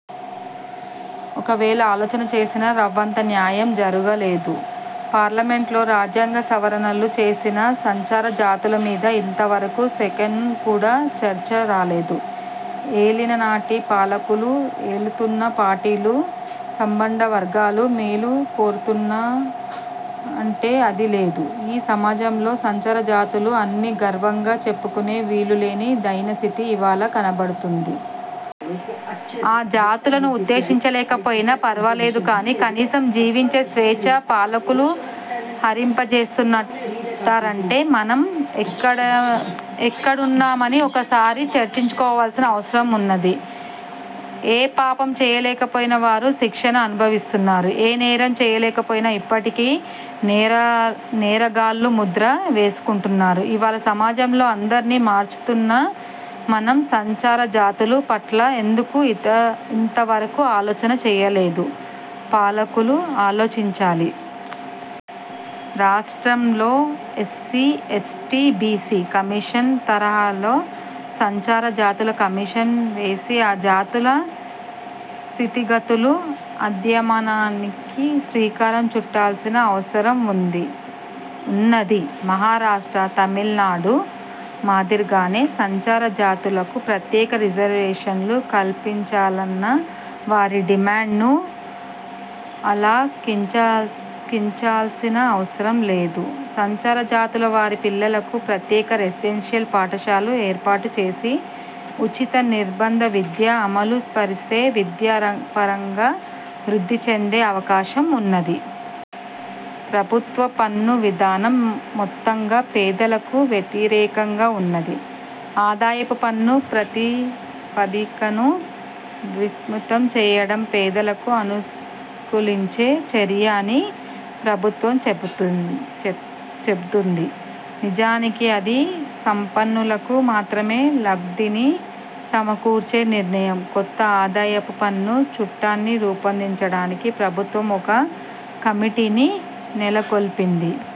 ఒకవేళ ఆలోచన చేసినా రవ్వంత న్యాయం జరుగలేదు. పార్లమెంట్లో రాజ్యాంగ సవరణలు చేసినా సంచార జాతుల మీద ఇంతవరకు సెకను కూడా చర్చకు రాలేదు. ఏలిన నాటి పాలకులు, ఏలుతున్న పార్టీలు సబ్బండవర్గాల మేలు కోరుతున్నాయా అంటే అదీ లేదు. ఈ సమాజంలో సంచార జాతులం అని సగర్వంగా చెప్పుకునే వీలులేని దైన్య స్థితి ఇవాళ కనపడుతున్నది. ఆ జాతులను ఉద్ధరించలేకపోయినా ఫర్వాలేదు కానీ కనీసం జీవించే స్వేచ్ఛ పాలకులు హరింపచేస్తున్నారంటే మనం ఎక్కడున్నామని ఒక్కసారి చర్చించుకోవాల్సిన అవసరం ఉన్నది. ఏ పాపం చేయలేకపోయినా వారు శిక్షను అనుభవిస్తున్నారు. ఏ నేరం చేయకపోయినా ఇప్పటికీ నేరగాళ్ల ముద్రే వేసుకుంటున్నారు. ఇవాళ సమాజంలో అందర్నీ మార్చుతున్న మనం సంచార జాతుల పట్ల ఎందుకు ఇంతవరకు ఆలోచన చేయలేదో పాలకులు ఆలోచించాలి. రాష్ట్రంలో ఎస్సీ, ఎస్టీ, బీసీ కమిషన్ తరహాలో సంచారజాతుల కమిషన్ వేసి ఆ జాతుల స్థితిగతుల అధ్యయనానికి శ్రీకారం చుట్టాల్సిన అవసరం ఉన్నది. మహారాష్ట్ర, తమిళనాడు మాదిరిగానే సంచార జాతులకు ప్రత్యేక రిజర్వేషన్లు కల్పించాలన్న వారి డిమాండ్ను ఆలకించాల్సిన అవసరం ఉన్నది. సంచార జాతుల వారి పిల్లలకు ప్రత్యేక రెసిడెన్షియల్ పాఠశాలలు ఏర్పాటుచేసి, ఉచిత నిర్బంధ విద్య అమలుపరిస్తే విద్య పరంగా వృద్ధి చెందే అవకాశం ఉన్నది. ప్రభుత్వ పన్ను విధానం మొత్తంగా పేదలకు వ్యతిరేకంగా ఉన్నది. ఆదాయపు పన్ను ప్రాతిపదికను విస్తృతం చేయడం పేదలకు అనుకూలించే చర్య అని ప్రభుత్వం చెబుతోంది. నిజానికి అది సంపన్నులకు మాత్రమే లబ్ధిని సమకూర్చే నిర్ణయం. కొత్త ఆదాయపు పన్ను చట్టాన్ని రూపొందించడానికి ప్రభుత్వం ఒక కమిటీని నెలకొల్పింది.